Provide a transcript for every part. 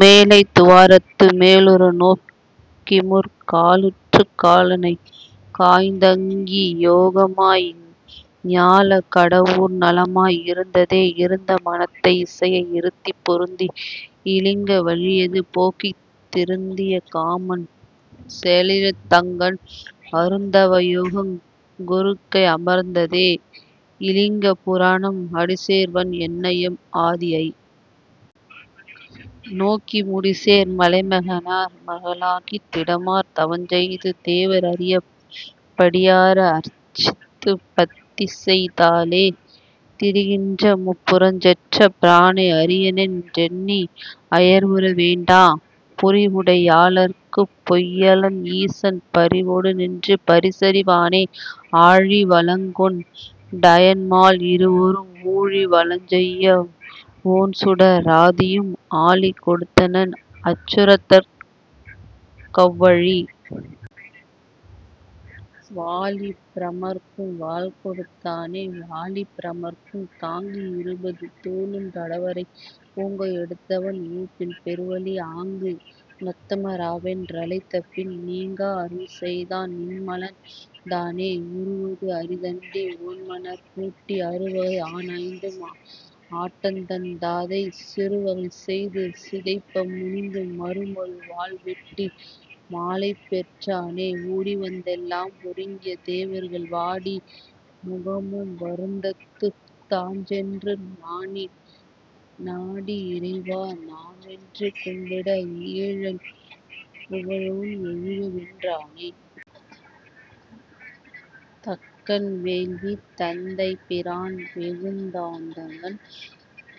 மேலைத் துவாரத்து மேலுற நோக்கிமுற் காலுற்றுக் காலனைக் காய்ந்தங்கி யோகமாய் ஞாலக் கடவூர் நலமாய் இருந்ததே இருந்த மனத்தை இசைய இருத்திப் பொருந்தி இலிங்க வழியது போக்கித் திருந்திய காமன் செயலழித் தங்கண் அருந்தவ யோகங் கொறுக்கை அமர்ந்ததே.. இலிங்க புராணம் அடிசேர்வன் என்னஎம் ஆதியை நோக்கி முடிசேர் மலைமக னார்மக ளாகித் திடமார் தவஞ்செய்து தேவர் அறியப் படியார அர்ச்சித்துப் பத்திசெய் தாளே திரிகின்ற முப்புரஞ் செற்ற பிரானை அரியனென் றெண்ணி அயர்வுற வேண்டா புரிவுடை யாளர்க்குப் பொய்யலன் ஈசன் பரிவொடு நின்று பரிசறி வானே ஆழி வலங்கொண் டயன்மால் இருவரும் ஊழி வலஞ்செய்ய ஒண்சுட ராதியும் ஆழி கொடுத்தனன் அச்சுதற்க் கவ்வழி.. வாழி பிரமற்கும் வாள்கொடுத் தானே.. வாழிப் பிரமற்கும் தாங்கி இருபது தோளுந் தடவரை ஓங்க எடுத்தவன் ஒப்பில் பெருவலி ஆங்கு நொத்தம ராவென் றழைத்தபின் நீங்கா அருள்செய்தான் நின்மலன் தானே உறுவது அறிதண்டி ஒண்மணற் கூட்டி அறுவகை ஆன்ஐந்தும் ஆட்டத்தன் தாதை செறுவகை செய்து சிதைப்ப முனிந்து மறுமழு வால்வெட்டி மாலைபெற் றானே ஓடிவந் தெல்லாம் ஒருங்கிய தேவர்கள் வாடி முகமும் வருத்தத்துத் தாஞ்சென்று நாடி இறைவா நமேன்று கும்பிட ஈடில் புகழோன் எழுகவென் றானே... தக்கன் வேள்வி தந்தை பிரான்வெகுண் டாந்தக்கன்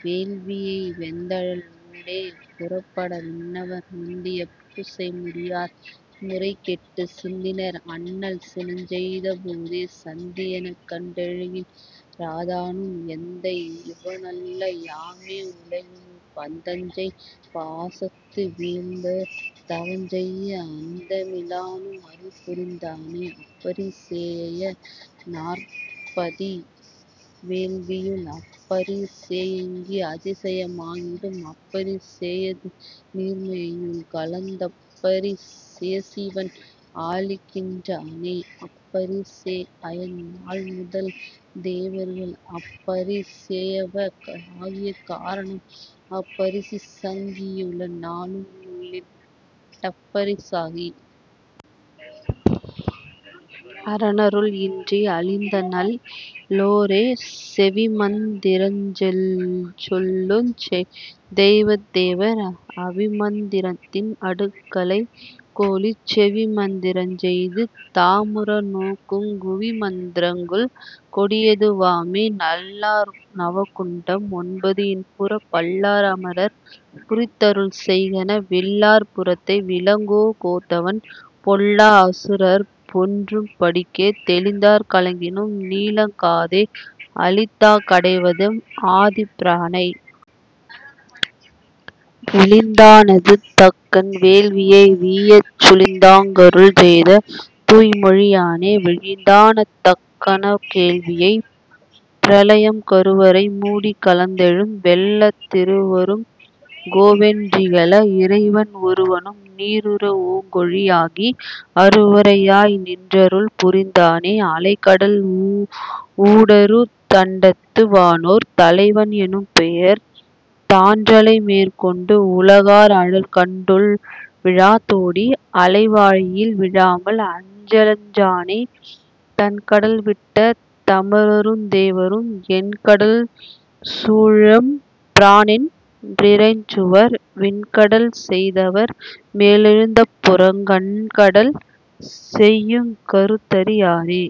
வேள்வியை வெந்தழல் ஊடே புறப்பட விண்ணவர் முந்திய பூசை முடியார் முறைகெட்டுச் சிந்தினர் அண்ணல் சினஞ்செய்த போதே சந்தி செயக்கண் டெழுகின் றாதானும் எந்தை யிவனல்ல யாமே உலகினிற் பந்தஞ்செய் பாசத்து வீழ்ந்து தவஞ்செய்ய அந்தமி லானும் அருள்புரிந் தானே அப்பரி சேயய நார்ப்பதி வேள்வியுள் அப்பரி சேயங்கி அதிசய மாகிலும் அப்பரி சேயது நீர்மையை யுள்கலந் தப்பரி சேசிவன் ஆலிக்கின் றானே அப்பரி சேஅயன் மால்முதல் தேவர்கள் அப்பரி சேயவ ராகிய காரணம் அப்பரி சங்கி யுளநாளும் உள்ளிட் டப்பரி சாகி.. அரனருள் இன்றி அழிந்தநல் லோரே செவிமந் திரஞ்சொல்லுஞ் செய்தவத் தேவர் அவிமந் திரத்தின் அடுக்களை கோலிச் செவிமந் திரஞ்செய்து தாமுற நோக்குங் குவிமந் திரங்கொல் கொடியது வாமே நல்லார் நவகுண்டம் ஒன்பதும் இன்புறப் பல்லார் அமரர் பரிந்தருள் செய்கென வில்லாற் புரத்தை விளங்கொ கோத்தவன் பொல்லா அசுரர்கள் பொன்றும் படிக்கே தெளிந்தார் கலங்கினும் நீகலங் காதே அளித்தாங் கடைவதெம் ஆதிப் பிரானை.. விளிந்தானது தக்கன் வேள்வியை வீயச் சுளிந்தாங் கருள்செய்த தூய்மொழி யானே.. விளிந்தானத் தக்கனவ் வேள்வியை... பிரளயம் கருவரை மூடிக் கலந்தெழும் வெள்ளத் திருவருங் கோவென் றிகல இறைவன் ஒருவனும் நீருற ஓங்கொளி யாகி அருவரை யாய்நின் றருள் புரிந் தானே அலைகடல் ஊடறுத் தண்டத்து வானோர் தலைவன் எனும்பெயர் தான்றலை மேற்கொண்டு உலகார் அழற்கண் டுள்விழா தோடி அலைவாயில் வீழாமல் அஞ்சலென் றானே தண்கடல் விட்ட தமரருந் தேவரும் எண்கடல் சூழெம் பிரானென் றிறைஞ்சுவர் விண்கடல் செய்தவர் மேலெழுந் தப்புறங் கண்கடல் செய்யுங் கருத்தறி யாரே.